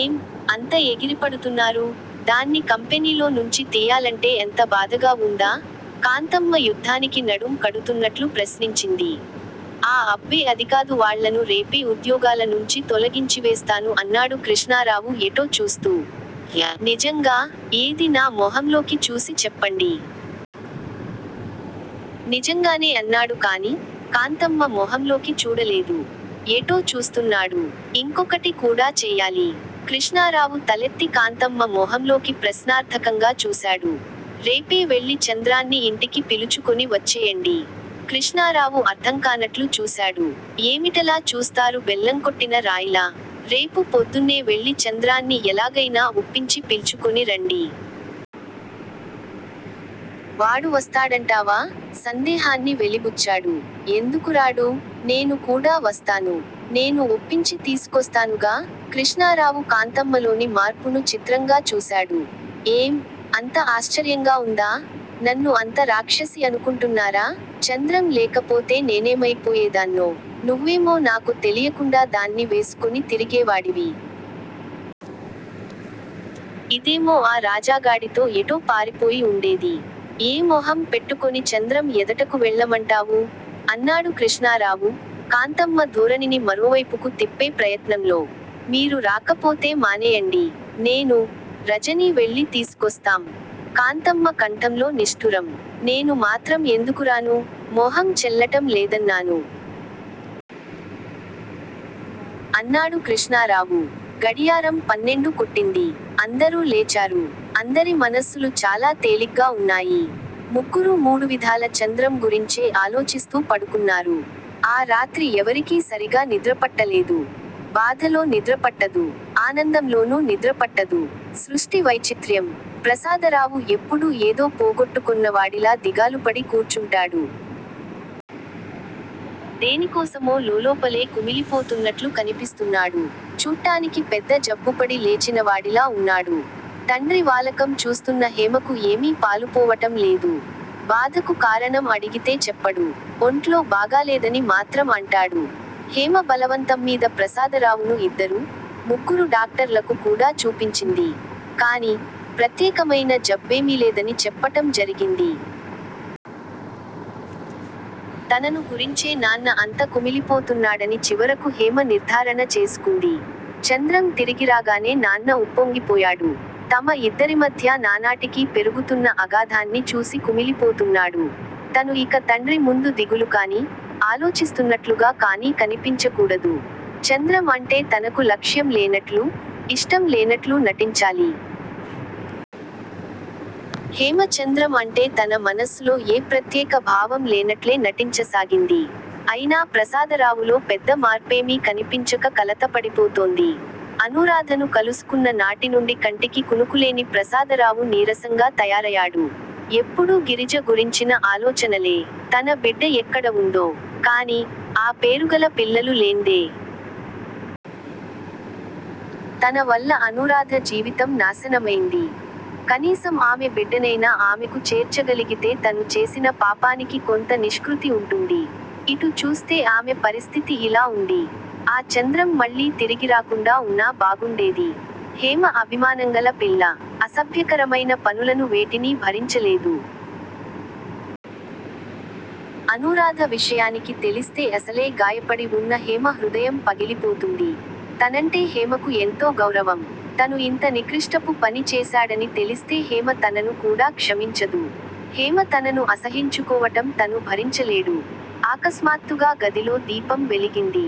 ఏం, అంత ఎగిరిపడుతున్నారు? దాన్ని కంపెనీలో నుంచి తియ్యాలంటే అంత బాధగా వుందా? కాంతమ్మ యుద్ధానికి నడుం కడుతున్నట్లు ప్రశ్నించింది. ఆ అబ్బే అదికాదు వాళ్ళను రేపే ఉద్యోగాల నుంచి తొలగించివేస్తాను అన్నాడు కృష్ణారావు ఎటో చూస్తూ. నిజంగా? ఏది నా మొహంలోకి చూసి చెప్పండి. నిజంగానే అన్నాడు కాని, కాంతమ్మ మొహంలోకి చూడలేదు. ఎటో చూస్తున్నాడు. ఇంకొకటి కూడా చెయ్యాలి. కృష్ణారావు తలెత్తి కాంతమ్మ మొహంలోకి ప్రశ్నార్థకంగా చూశాడు. రేపే వెళ్ళి చంద్రాన్ని ఇంటికి పిలుచుకొని వచ్చేయండి. కృష్ణారావు అర్థంకానట్లు చూశాడు. ఏమిటలా చూస్తారు బెల్లంకొట్టిన రాయిలా! రేపు పొద్దున్నే వెళ్ళి చంద్రాన్ని ఎలాగయినా ఒప్పించి పిల్చుకొని రండి. వాడు వస్తాడంటావా? సందేహాన్ని వెలిబుచ్చాడు. ఎందుకురాడూ? నేను కూడా వస్తాను. నేను ఒప్పించి తీసుకొస్తానుగా? కృష్ణారావు కాంతమ్మలోని మార్పును చిత్రంగా చూశాడు. ఏం, అంత ఆశ్చర్యంగా ఉందా? నన్ను అంత రాక్షసి అనుకుంటున్నారా? చంద్రం లేకపోతే నేనేమయిపోయేదాన్నో! నువ్వేమో నాకు తెలియకుండా దాన్ని వేసుకొని తిరిగేవాడివి. ఇదేమో ఆ రాజాగాడితో ఎటో పారిపోయి ఉండేది. ఏ మొహం పెట్టుకొని చంద్రం ఎదటకు వెళ్ళమంటావు? అన్నాడు కృష్ణారావు, కాంతమ్మ ధోరణిని మరోవైపుకు తిప్పే ప్రయత్నంలో. మీరు రాకపోతే మానేయండి. నేనూ, రజనీ వెళ్ళి తీసుకొస్తాం! కాంతమ్మ కంఠంలో నిష్ఠురం. నేను మాత్రం ఎందుకురాను? మొహం చెల్లటం లేదన్నాను. అన్నాడు కృష్ణారావు. గడియారం పన్నెండు కొట్టింది. అందరూ లేచారు. అందరి మనస్సులు చాలా తేలిగ్గా ఉన్నాయి. ముగ్గురూ మూడువిధాల చంద్రం గురించే ఆలోచిస్తూ పడుకున్నారు. ఆ రాత్రి ఎవరికీ సరిగా నిద్రపట్టలేదు. బాధలో నిద్రపట్టదు. ఆనందంలోనూ నిద్రపట్టదు. సృష్టి వైచిత్ర్యం! ప్రసాదరావు ఎప్పుడూ ఏదో పోగొట్టుకొన్నవాడిలా దిగాలుపడి కూర్చుంటాడు. దేనికోసమో లోలోపలే కుమిలిపోతున్నట్లు కనిపిస్తున్నాడు. చూట్టానికి పెద్ద జబ్బుపడి లేచినవాడిలా ఉన్నాడు. తండ్రి వాలకం చూస్తున్న హేమకు ఏమీ పాలుపోవటం లేదు. బాధకు కారణం అడిగితే చెప్పడు. ఒంట్లో బాగాలేదని మాత్రం అంటాడు. హేమ బలవంతంమీద ప్రసాదరావును ఇద్దరు, ముగ్గురు డాక్టర్లకు కూడా చూపించింది. కాని, ప్రత్యేకమయిన జబ్బేమీలేదని చెప్పటం జరిగింది. తనను గురించే నాన్న అంత కుమిలిపోతున్నాడని చివరకు హేమ నిర్ధారణ చేసుకుంది. చంద్రం తిరిగిరాగానే నాన్న ఉప్పొంగిపోయాడు. తమ ఇద్దరిమధ్యా నానాటికీ పెరుగుతున్న అగాధాన్ని చూసి కుమిలిపోతున్నాడు. తను ఇక తండ్రి ముందు దిగులుకాని, ఆలోచిస్తున్నట్లుగా కానీ కనిపించకూడదు. చంద్రం అంటే తనకు లక్ష్యం లేనట్లూ, ఇష్టం లేనట్లూ నటించాలి. హేమ చంద్రం అంటే తన మనస్సులో ఏ ప్రత్యేక భావం లేనట్లే నటించసాగింది. అయినా ప్రసాదరావులో పెద్ద మార్పేమీ కనిపించక కలతపడిపోతోంది. అనూరాధను కలుసుకున్న నాటినుండి కంటికి కునుకులేని ప్రసాదరావు నీరసంగా తయారయాడు. ఎప్పుడూ గిరిజ గురించిన ఆలోచనలే. తన బిడ్డ యెక్కడవుందో! కాని, ఆ పేరుగల పిల్లలు లేందే! తన వల్ల అనూరాధ జీవితం నాశనమయింది. కనీసం ఆమె బిడ్డనయినా ఆమెకు చేర్చగలిగితే తను చేసిన పాపానికి కొంత నిష్కృతి ఉంటుంది. ఇటు చూస్తే ఆమె పరిస్థితి ఇలా ఉంది! ఆ చంద్రం మళ్ళీ తిరిగిరాకుండా ఉన్నా బాగుండేది. హేమ అభిమానంగల పిల్ల. అసభ్యకరమైన పనులను వేటినీ భరించలేదు. అనూరాధ విషయం తెలిస్తే అసలే గాయపడి వున్న హేమ హృదయం పగిలిపోతుంది. తనంటే హేమకు యెంతో గౌరవం. తను ఇంత నికృష్టపు పని చేశాడని తెలిస్తే హేమ తనను కూడా క్షమించదు. హేమ తనను అసహ్యించుకోవటం తను భరించలేడు! ఆకస్మాత్తుగా గదిలో దీపం వెలిగింది.